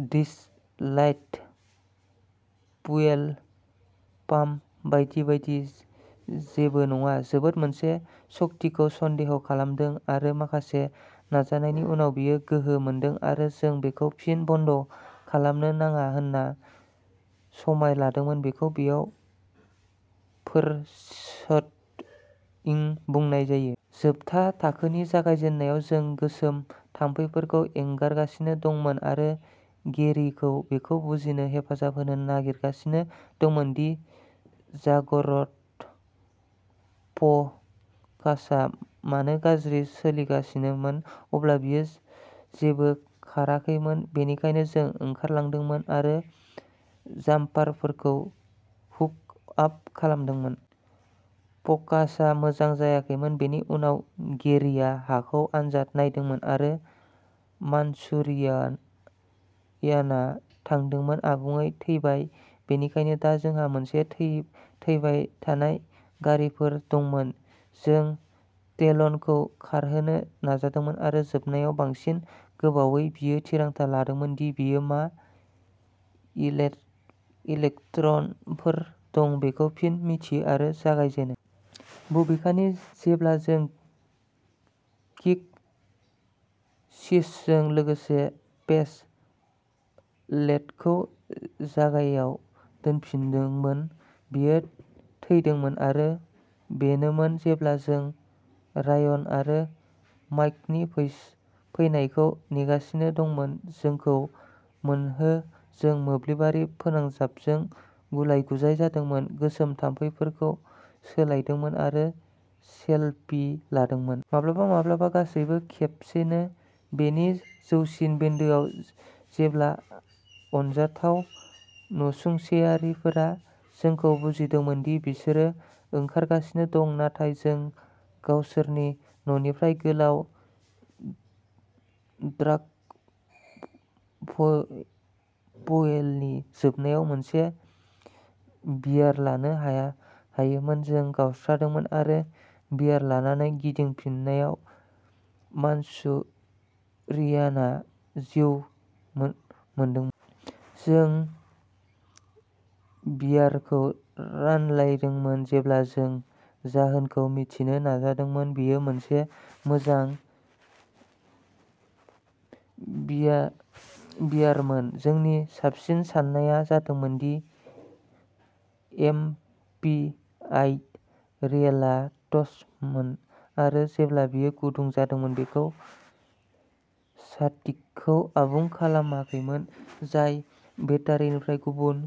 Dash light, fuel pump बायदि बायदि जेबो नङा। जों मोनसे शर्टखौ सन्देह खालामदोंमोन आरो माखासे नाजानायनि उनाव बेयो गोहो मोनदोंमोन आरो जों बेखौ फिन बन्द खालामनो नाङा होनना समाय लादोंमोन। बेखौ बेयाव फोरशेड'इं बुंनाय जायो। जोबथा थाखोनि जागायजेन्नायाव जों गोसोम थाम्फैफोरखौ एंगारगासिनो दंमोन आरो गेरिखौ बेखौ बुजिनो हेफाजाब होनो नाजागासिनो दंमोन दि जागरनट फ'कासआ मानो गाज्रि सोलिगासिनोमोन। अब्ला बेयो जेबो खाराखैमोन, बेनिखायनो जों ओंखारलांदोंमोन आरो जाम्पारफोरखौ हुक आप खालामदोंमोन। फ'कासआ मोजां जायाखैमोन। बेनि उनाव गेरिआ हाखौ आनजाद नायदोंमोन आरो मानचुरिया यानआ थाद'दोंमोन। आबुङै थैबाय। बेनिखायनो दा जोंहा मोननै थैबाय थानाय गारिफोर दंमोन। जों टेलनखौ खारहोनो नाजादोंमोन आरो जोबनायाव, बांसिन गोबावै, बियो थिरांथा लादोंमोन दि बेयो मा इलेक इलेक्ट्रनफोर दं बेखौ फिन मिथियो आरो जागायजेनो। बबेखानि, जेब्ला जों किक स्विचजों लोगोसे फेस प्लेटखौ जायगायाव दोनफिनदोंमोन, बेयो थैदोंमोन आरो बेनोमोन। जेब्ला जों रायन आरो माइकनि फैनायखौ नेगासिनो दंमोन। जोंखौ मोनहो, जों मोब्लिबारि फोनांजाबनायजों गुलाय-गुजाय जादोंमोन, गोसोम थाम्फैफोरखौ सोलायदोंमोन आरो सेलफि लादोंमोन। माब्लाबा माब्लाबा गासैबो खेबसेनो। बेनि जौसिन बिन्दोआमोन जेब्ला अनजाथाव नसुंसेयारिफोरा जोंखौ बुंदोंमोन दि बिसोरो ओंखारगासिनो दं, नाथाय जों गावसोरनि न'निफ्राय गोलाव ड्राइभवेनि जोबनायाव मोनसे बियार लानो हाया हायोमोन। जों गावस्रादोंमोन आरो बियार लानानै गिदिंबोफिननायाव मानचुरियानआ जिउ मोनदोंमोन। जों बियारखौ रानलायदोंमोन जेब्ला जों जाहोनखौ मिथिनो नाजादोंमोन। बेयो मोनसे मोजां बियार बियारमोन। जोंनि साबसिन सान्नाया जादों दि एमपिआइ रिलेआ टस्टमोन आरो जेब्ला बेयो गुदुं जादोंमोन, बेयो सार्किटखौ आबुं खालामाखैमोन जाय बेटारिनिफ्राय गुबुन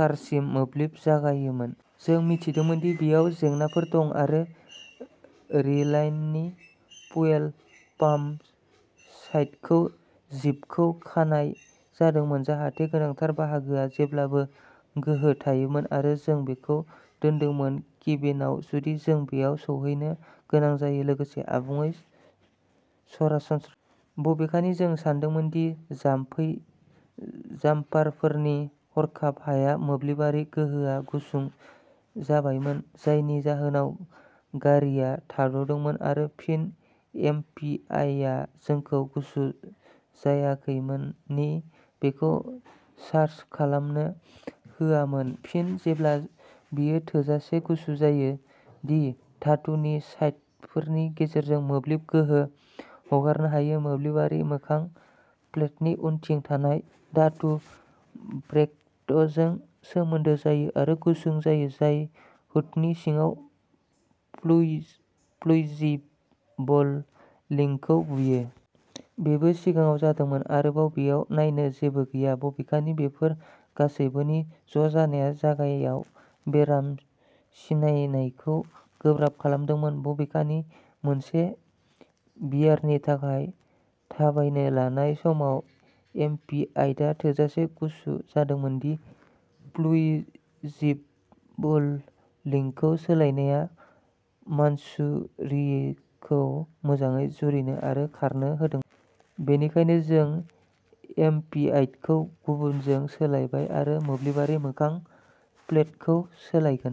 कारसिम मोब्लिब जगायोमोन। जों मिथिदोंमोन दि बेयाव जेंनाफोर दंमोन आरो रिलाइनि फुयेल पाम्प साइडखौ जिपजों खानाय जादोंमोन जाहाथे गोनांथार बाहागोआ जेब्लाबो गोहो थायोमोन आरो जों बेखौ दोनदोंमोन। केबिनआव जुदि जों बेयाव सौहैनो गोनां जायो। लोगोसे आबुङै सरासनस्रा। बबेखानि जों सानदोंमोन दि जामफै जाम्पारफोरनि हरखाब हायाव मोब्लिबारि गोहोआ गुसुं जाबायमोन जायनि जाहोनाव गारिआ थाद'दोंमोन आरो फिन एमपिआइआ जोंखौ गुसु जायागौमानि बेखौ स्टार्ट खालामनो होआमोन। फिन जेब्ला बेयो थोजासे गुसु जायो दि धातुनि स्टाडफोरनि गेजेरजों मोब्लिब गोहो हगारनो हायो, मोब्लिबारि मोखां प्लेटनि उनथिं थानाय धातु ब्रेकेटजों सोमोन्दो जायो आरो गुसुं जायो, जाय हुडनि सिङाव फ्यु फ्युजिबल लिंकखौ बुयो। बेबो सिगाङाव जादोंमोन। आरोबाव, बेयाव नायनो जेबो गैया। बबेखानि, बैफोर गासैबोनि ज' जानाया जायगायाव बेराम सिनायनायखौ गोब्राब खालामदोंमोन। बबेखानि, मोनसे बियारनि थाखाय थाबायनो लानाय समाव एमपिआइआ थोजासे गुसु जादोंमोन दि फ्युजिबल लिंकखौ सोलायनाया मानचुरियानखौ मोजाङै जुरिनो आरो खारनो होदोंमोन। बेनिखायनो, जों एमपिआइखौ गुबुनजों सोलायबाय आरो मोब्लिबारि मोखां प्लेटखौ सोलायगोन।